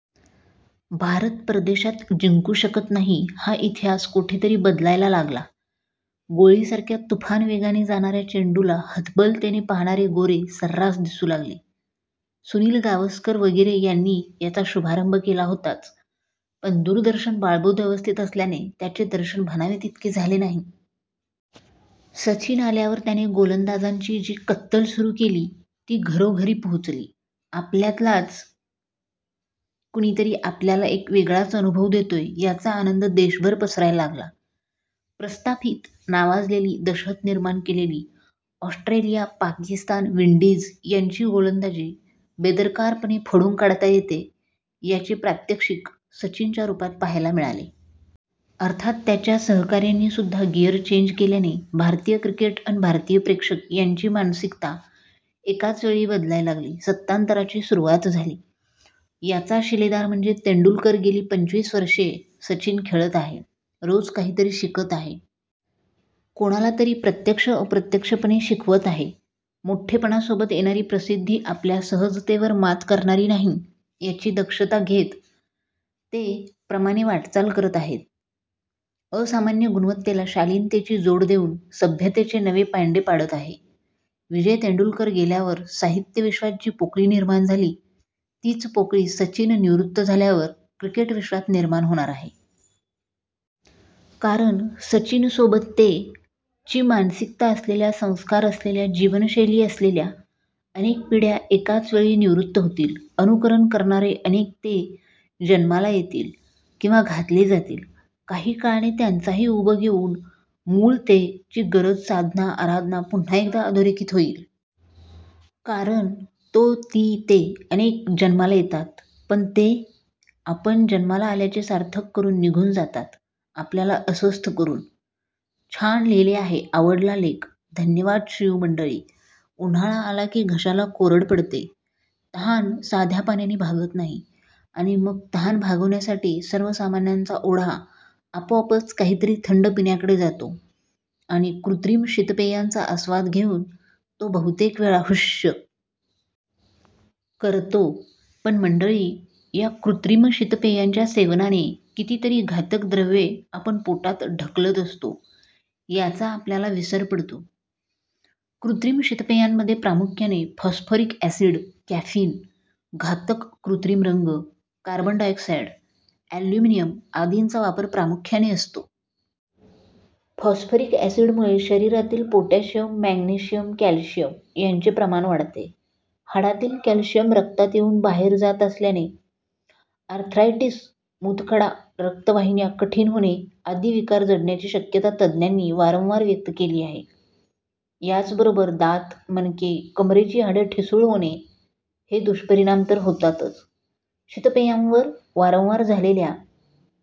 भारत परदेशात जिंकू शकत नाही हा इतिहास कोठेतरी बदलायला लागला. गोळी सारख्या तुफान वेगाने जाणाऱ्या चेंडूला हतबलतेने पाहणारे गोरे सर्रास दिसू लागले. सुनील गावस्कर वगिरे यांनी याचा शुभारंभ केला होताच पण दूरदर्शन बाळबोध अवस्थेत असल्याने त्याचे दर्शन म्हणावे तितके झाले नाही. सचिन आल्यावर त्याने गोलंदाजांची जी कत्तल सुरु केली ती घरोघरी पोहोचली. आपल्यातलाच कोणीतरी आपल्याला एक वेगळाच अनुभव देतोय याचा आनंद देशभर पसरायला लागला. प्रस्थापीत, नावाजलेली, दहशतनिर्माण केलेली ओस्त्रेलिया, पाकिस्तान, विंडीज यांची गोलंदाजी बेदरकारपणे फोडून काढता येते याचे प्रात्यक्षिक सचिन च्या रुपात पहायला मिळाले. अर्थात त्याच्या सहकार्यांनी सुद्धा गिअर चेंज केल्याने भारतीय क्रिकेट अन भारतीय प्रेक्षक यांची मानसिकता एकाच वेळी बदलायला लागली. सत्तांतराची सुरुवात झाली.. याचा शिलेदार म्हणजे 'तें ' डूलकरगेली पंचवीस वर्षे सचिन खेळत आहे. रोज काहीतरी शिकत आहे. कोणालातरी प्रत्यक्ष -अप्रत्यक्षपणे शिकवत आहे. मोठेपणासोबत येणारी प्रसिद्धी आपल्या सहजतेवर मात करणार नाही याची दक्षता घेत 'तें ' प्रमाणे वाटचाल करत आहे. असामान्य गुणवत्तेला शालिनतेची जोड देऊन सभ्यतेचे नवे पायंडे पाडत आहे. विजय तेंडूलकर गेल्यावर साहित्य विश्वात जी पोकळी निर्माण झाली तीच पोकळी सचिन निवृत्त झाल्यावर क्रिकेट विश्वात निर्माण होणार आहे. कारण सचिन सोबत 'तें ' ची मानसिकता असलेल्या, संस्कार असलेल्या, जीवनशैली असलेल्या अनेक पिढ्या एकाच वेळी निवृत्त होतील.. अनुकरण करणारे अनेक 'तें ' जन्माला येतील किंवा घातले जातील. काही काळाने त्यांचाही उबग येउन मूळ 'तें ' ची गरज, साधना, आराधना पुन्हा एकदा अधोरेखित होईल. कारण तो, ती, ते अनेक जन्माला येतात पण 'तें '?? आपण जन्माला आल्याचे सार्थक करून निघून जातातआपल्याला अस्वस्थ करून..!! छान लिहिले आहेआवडला लेख. धन्यवाद श्रीयू मंडळी, उन्हाळा आला की घशाला कोरड पडते, तहान साध्या पाण्याने भागत नाही आणि मग तहान भागवण्यासाठी सर्वसामान्यांचा ओढा आपोआपच काहीतरी थंड पिण्याकडे जातो आणि कृत्रिम शीतपेयांचा आस्वाद घेऊन तो बहुतेक वेळा हुश्श.. करतो. पण मंडळी, या कृत्रिम शीतपेयांच्या सेवनाने कितीतरी घातक द्रव्ये आपण पोटात ढकलत असतो याचा आपल्याला विसर पडतो. कृत्रिम शीतपेयांमध्ये प्रामुख्याने फॉस्फरिक अॅसिड, कॅफीन, घातक कृत्रिम रंग, कार्बन डायऑक्साईड, अॅल्युमिनियम आदींचा वापर प्रामुख्याने असतो. फॉस्फरिक अॅसिडमुळे शरीरातील पोटॅशियम, मॅग्नेशियम, कॅल्शियम यांचे प्रमाण बिघडते. हाडातील कॅल्शियम रक्तात येऊन बाहेर जात असल्याने आर्थरायटिस, मूतखडा, रक्तवाहिन्या कठीण होणे आदी विकार जडण्याची शक्यता तज्ज्ञांनी वारंवार व्यक्त केली आहे. याचबरोबर दात, मणके, कमरेची हाडे ठिसूळ होणे हे दुष्परिणाम तर होतातच. शीतपेयांवर वारंवार झालेल्या